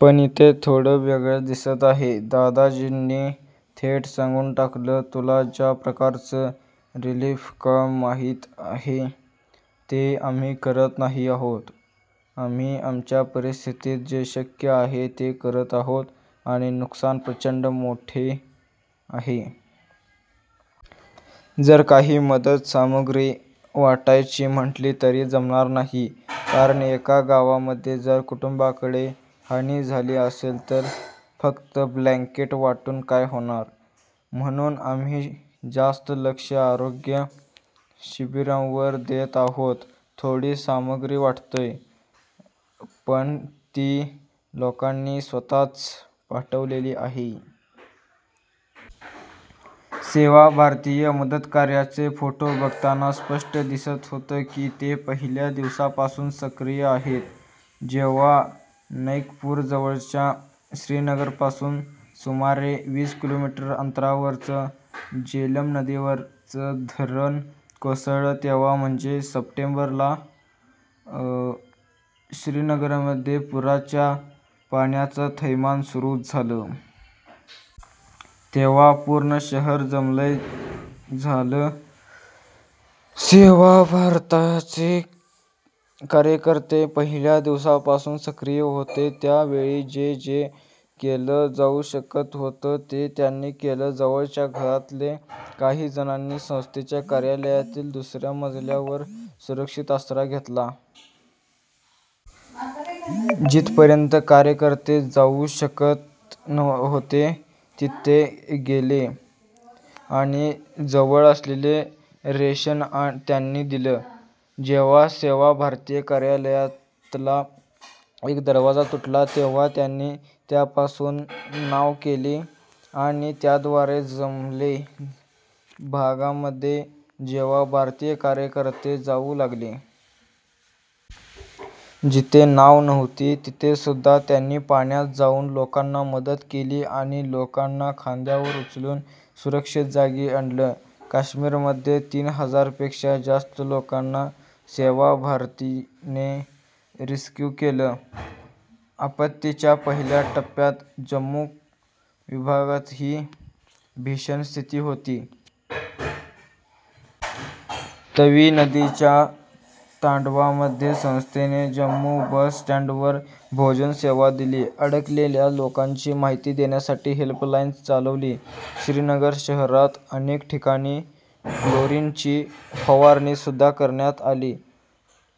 पण इथे थोडं वेगळंच दिसत आहे. दादाजींनी थेट सांगून टाकलं- 'तुला ज्या प्रकारचं रिलिफ काम माहिती आहे, ते आम्ही करत नाही आहोत. आम्ही आमच्या परिस्थितीत जे शक्य आहे, ते करत आहोत. आणि नुकसान प्रचंड मोठं आहे. जर काही मदत सामुग्री वाटायची म्हंटली तरी जमणार नाही. कारण एका गावामध्ये जर कुटुंबांकडे हानी झाली असेल तर फक्त ब्लँकेट वाटून काय होणार? म्हणून आम्ही जास्त लक्ष आरोग्य शिबिरांवर देत आहोत. थोडी सामुग्री वाटतोय, पण ती लोकांनी स्वत:च पाठवलेली आहे. 'सेवा भारतीच्या मदतकार्याचे फोटो बघताना स्पष्ट दिसत होतं की, ते पहिल्या दिवसापासून सक्रिय आहेत. जेव्हा नैकपूराजवळचं- श्रीनगरपासून सुमारे वीस किलोमीटर अंतरावरचं जेलम नदीवरचं धरण कोसळलं तेव्हा म्हणजे सप्टेंबरला श्रीनगरमध्ये पुराच्या पाण्याचं थैमान सुरू झालं. तेव्हा पूर्ण शहर जलमय झालं. सेवा भारतीचे कार्यकर्ते पहिल्या दिवसापासून सक्रिय होते. त्या वेळी जे जे केलं जाऊ शकत होतं ते त्यांनी केलं. जवळच्या घरातले काही जणांनी संस्थेच्या कार्यालयातील दुस-या मजल्यावर सुरक्षित आसरा घेतला. जिथपर्यंत कार्यकर्ते जाऊ शकत होते, तिथे ते गेले आणि जवळ असलेलं रेशन त्यांनी दिलं. जेव्हा सेवा भारती कार्यालयातला एक दरवाजा तुटला, तेव्हा त्यांनी त्यापासून नाव केली आणि त्याद्वारे जलमय भागांमध्ये सेवा भारतीचे कार्यकर्ते जाऊ लागले. जिथे नाव नव्हती, तिथेसुद्धा त्यांनी पाण्यात जाऊन लोकांना मदत केली आणि लोकांना खांद्यांवर उचलून सुरक्षित जागी आणलं. कश्मीरमध्ये तीन हजारपेक्षा जास्त लोकांना सेवा भारतीने रिस्क्यू केलं. आपत्तीच्या पहिल्या टप्प्यात जम्मू विभागातही भीषण स्थिती होती. तवी नदीच्या तांडवामध्ये संस्थेने जम्मू बस स्टँडवर भोजन सेवा दिली. अडकलेल्या लोकांची माहिती देण्यासाठी हेल्पलाईन चालवली. श्रीनगर शहरात अनेक ठिकाणी क्लोरिनची फवारणीसुद्धा करण्यात आली.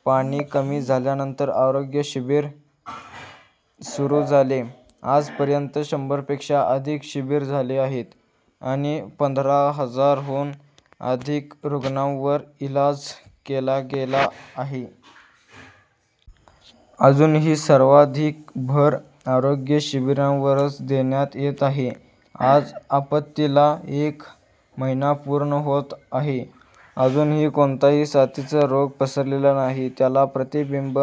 पाणी कमी झाल्यानंतर आरोग्य शिबिर सुरू झाले. आजपर्यंत शंभरपेक्षा अधिक शिबिर झाले आहेत आणि पंधरा हजारांहून अधिक रुग्णांवर इलाज केला गेला आहे. अजूनही सर्वाधिक भर आरोग्य शिबिरांवरच देण्यात येत आहे. आज आपत्तीला एक महिना पूर्ण होत आहे. अजूनही कोणताही साथीचा रोग पसरलेला नाही. त्याला प्रतिबंध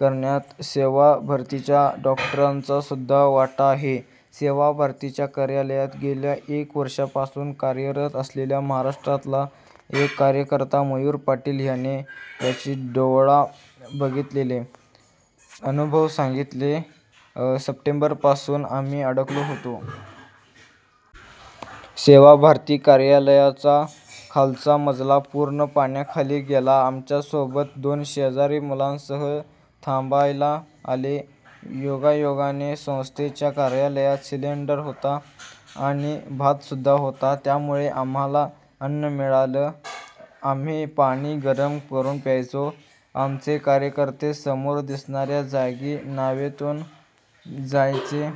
करण्यात सेवा भारतीच्या डॉक्टरांचासुद्धा वाटा आहे. सेवा भारतीच्या कार्यालयात गेल्या एक वर्षापासून कार्यरत असलेला महाराष्ट्रातला एक कार्यकर्ता- मयूर पाटील ह्याने ह्याची डोळा बघितलेले अनुभव सांगितले- " सप्टेंबरपासून आम्ही अडकलो होतो. सेवा भारती कार्यालयाचा खालचा मजला पूर्ण पाण्याखाली गेला. आमच्यासोबत दोन शेजारी मुलांसह थांबायला आले. योगायोगाने संस्थेच्या कार्यालयात सिलेंडर होता आणि भातसुद्धा होता. त्यामुळे आम्हाला अन्न मिळालं. आम्ही पाणी गरम करून प्यायचो. आमचे कार्यकर्ते समोर दिसणा-या जागी नावेतून जायचे.